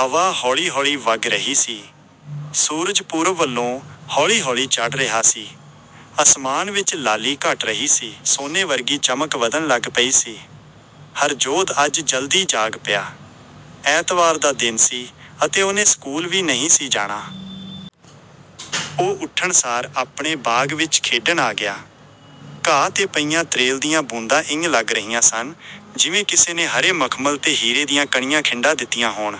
ਹਵਾ ਹੌਲੀ ਹੌਲੀ ਵਗ ਰਹੀ ਸੀ। ਸੂਰਜ ਪੂਰਬ ਵੱਲੋਂ ਹੌਲੀ-ਹੌਲੀ ਚੜ੍ਹ ਰਿਹਾ ਸੀ। ਅਸਮਾਨ ਵਿੱਚ ਲਾਲੀ ਘਟ ਰਹੀ ਸੀ, ਸੋਨੇ ਵਰਗੀ ਚਮਕ ਵੱਧਣ ਲੱਗ ਪਈ ਸੀ। ਹਰਜੋਧ ਅੱਜ ਜਲਦੀ ਜਾਗ ਪਿਆ। ਐਤਵਾਰ ਦਾ ਦਿਨ ਸੀ ਅਤੇ ਉਹਨੇ ਸਕੂਲ ਵੀ ਨਹੀਂ ਸੀ ਜਾਣਾ। ਉਹ ਉੱਠਣਸਾਰ ਆਪਣੇ ਬਾਗ਼ ਵਿੱਚ ਖੇਡਣ ਆ ਗਿਆ। ਘਾਹ 'ਤੇ ਪਈਆਂ ਤ੍ਰੇਲ ਦੀਆਂ ਬੂੰਦਾਂ ਇੰਞ ਲੱਗ ਰਹੀਆਂ ਸਨ, ਜਿਵੇਂ ਕਿਸੇ ਨੇ ਹਰੇ ਮਖਮਲ 'ਤੇ ਹੀਰੇ ਦੀਆਂ ਕਣੀਆਂ ਖਿੰਡਾ ਦਿੱਤੀਆਂ ਹੋਣ।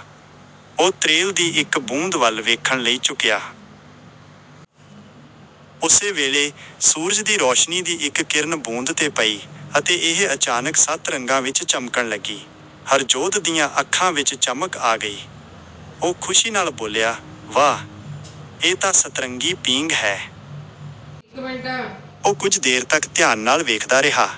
ਉਹ ਤ੍ਰੇਲ ਦੀ ਇੱਕ ਬੂੰਦ ਵੱਲ ਵੇਖਣ ਲਈ ਝੁਕਿਆ। ਉਸੇ ਵੇਲੇ, ਸੂਰਜ ਦੀ ਰੌਸ਼ਨੀ ਦੀ ਇੱਕ ਕਿਰਨ ਬੂੰਦ 'ਤੇ ਪਈ ਅਤੇ ਇਹ ਅਚਾਨਕ ਸੱਤ ਰੰਗਾਂ ਵਿੱਚ ਚਮਕਣ ਲੱਗੀ। ਹਰਜੋਧ ਦੀਆਂ ਅੱਖਾਂ ਵਿੱਚ ਚਮਕ ਆ ਗਈ। ਉਹ ਖੁਸ਼ੀ ਨਾਲ ਬੋਲਿਆ "ਵਾਹ! ਇਹ ਤਾਂ ਸਤਰੰਗੀ ਪੀਂਘ ਹੈ।" ਉਹ ਕੁਝ ਦੇਰ ਤੱਕ ਧਿਆਨ ਨਾਲ ਵੇਖਦਾ ਰਿਹਾ।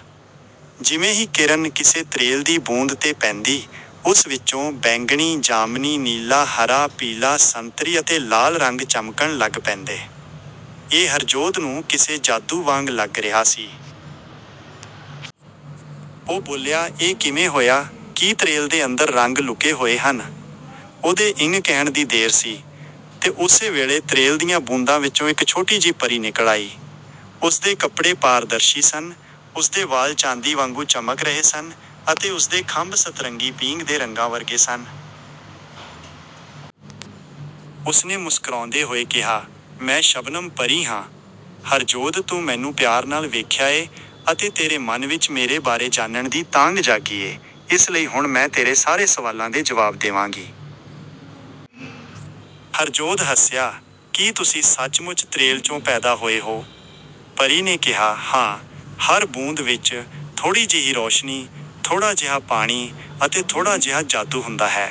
ਜਿਵੇਂ ਹੀ ਕਿਰਨ ਕਿਸੇ ਤ੍ਰੇਲ ਦੀ ਬੂੰਦ 'ਤੇ ਪੈਂਦੀ, ਉਸ ਵਿੱਚੋਂ ਬੈਂਗਣੀ, ਜਾਮਨੀ, ਨੀਲਾ, ਹਰਾ, ਪੀਲਾ, ਸੰਤਰੀ ਅਤੇ ਲਾਲ ਰੰਗ ਚਮਕਣ ਲੱਗ ਪੈਂਦੇ। ਇਹ ਹਰਜੋਧ ਨੂੰ ਕਿਸੇ ਜਾਦੂ ਵਾਂਗ ਲੱਗ ਰਿਹਾ ਸੀ। ਉਹ ਬੋਲਿਆ, "ਇਹ ਕਿਵੇਂ ਹੋਇਆ, ਕੀ ਤ੍ਰੇਲ ਦੇ ਅੰਦਰ ਰੰਗ ਲੁਕੇ ਹੋਏ ਹਨ?" ਉਹਦੇ ਇੰਞ ਕਹਿਣ ਦੀ ਦੇਰ ਸੀ ਤੇ ਉਸੇ ਵੇਲੇ ਤ੍ਰੇਲ ਦੀਆਂ ਬੂੰਦਾਂ ਵਿੱਚੋਂ ਇੱਕ ਛੋਟੀ ਜਿਹੀ ਪਰੀ ਨਿਕਲ ਆਈ। ਉਸਦੇ ਕੱਪੜੇ ਪਾਰਦਰਸ਼ੀ ਸਨ, ਉਸਦੇ ਵਾਲ ਚਾਂਦੀ ਵਾਂਗੂੰ ਚਮਕ ਰਹੇ ਸਨ, ਅਤੇ ਉਸਦੇ ਖੰਭ ਸਤਰੰਗੀ ਪੀਂਘ ਦੇ ਰੰਗਾਂ ਵਰਗੇ ਸਨ। ਉਸਨੇ ਮੁਸਕਰਾਉਂਦੇ ਹੋਏ ਕਿਹਾ, "ਮੈਂ ਸ਼ਬਨਮ ਪਰੀ ਹਾਂ। ਹਰਜੋਧ ਤੂੰ ਮੈਨੂੰ ਪਿਆਰ ਨਾਲ ਵੇਖਿਆ ਏ ਅਤੇ ਤੇਰੇ ਮਨ ਵਿੱਚ ਮੇਰੇ ਬਾਰੇ ਜਾਨਣ ਦੀ ਤਾਂਘ ਜਾਗੀ ਏ, ਇਸ ਲਈ ਹੁਣ ਮੈਂ ਤੇਰੇ ਸਾਰੇ ਸਵਾਲਾਂ ਦੇ ਜਵਾਬ ਦੇਵਾਂਗੀ।" ਹਰਜੋਧ ਹੱਸਿਆ, "ਕੀ ਤੁਸੀਂ ਸੱਚਮੁੱਚ ਤ੍ਰੇਲ 'ਚੋਂ ਪੈਦਾ ਹੋਏ ਹੋ?" ਪਰੀ ਨੇ ਕਿਹਾ, "ਹਾਂ, ਹਰ ਬੂੰਦ ਵਿੱਚ ਥੋੜ੍ਹੀ ਜਿਹੀ ਰੌਸ਼ਨੀ, ਥੋੜ੍ਹਾ ਜਿਹਾ ਪਾਣੀ ਅਤੇ ਥੋੜ੍ਹਾ ਜਿਹਾ ਜਾਦੂ ਹੁੰਦਾ ਹੈ।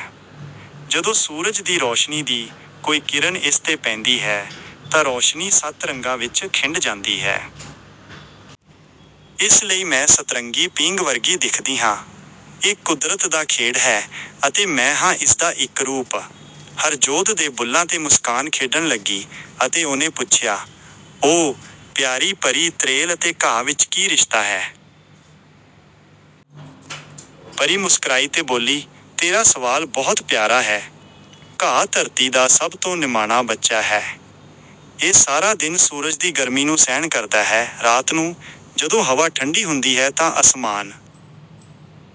ਜਦੋਂ ਸੂਰਜ ਦੀ ਰੌਸ਼ਨੀ ਦੀ ਕੋਈ ਕਿਰਨ ਇਸ 'ਤੇ ਪੈਂਦੀ ਹੈ, ਤਾਂ ਰੌਸ਼ਨੀ ਸੱਤ ਰੰਗਾਂ ਵਿੱਚ ਖਿੰਡ ਜਾਂਦੀ ਹੈ। ਇਸ ਲਈ ਮੈਂ ਸਤਰੰਗੀ ਪੀਂਘ ਵਰਗੀ ਦਿਖਦੀ ਹਾਂ ਇਹ ਕੁਦਰਤ ਦਾ ਖੇਡ ਹੈ, ਅਤੇ ਮੈਂ ਹਾਂ ਇਸਦਾ ਇੱਕ ਰੂਪ।" ਹਰਜੋਧ ਦੇ ਬੁੱਲ੍ਹਾਂ 'ਤੇ ਮੁਸਕਾਨ ਖੇਡਣ ਲੱਗੀ, ਅਤੇ ਉਹਨੇ ਪੁੱਛਿਆ, "ਓ, ਪਿਆਰੀ ਪਰੀ, ਤ੍ਰੇਲ ਅਤੇ ਘਾਹ ਵਿੱਚ ਕੀ ਰਿਸ਼ਤਾ ਹੈ?" ਪਰੀ ਮੁਸਕਰਾਈ ਤੇ ਬੋਲੀ, "ਤੇਰਾ ਸਵਾਲ ਬਹੁਤ ਪਿਆਰਾ ਹੈ। ਘਾਹ ਧਰਤੀ ਦਾ ਸਭ ਤੋਂ ਨਿਮਾਣਾ ਬੱਚਾ ਹੈ। ਇਹ ਸਾਰਾ ਦਿਨ ਸੂਰਜ ਦੀ ਗਰਮੀ ਨੂੰ ਸਹਿਣ ਕਰਦਾ ਹੈ, ਰਾਤ ਨੂੰ, ਜਦੋਂ ਹਵਾ ਠੰਢੀ ਹੁੰਦੀ ਹੈ ਤਾਂ ਅਸਮਾਨ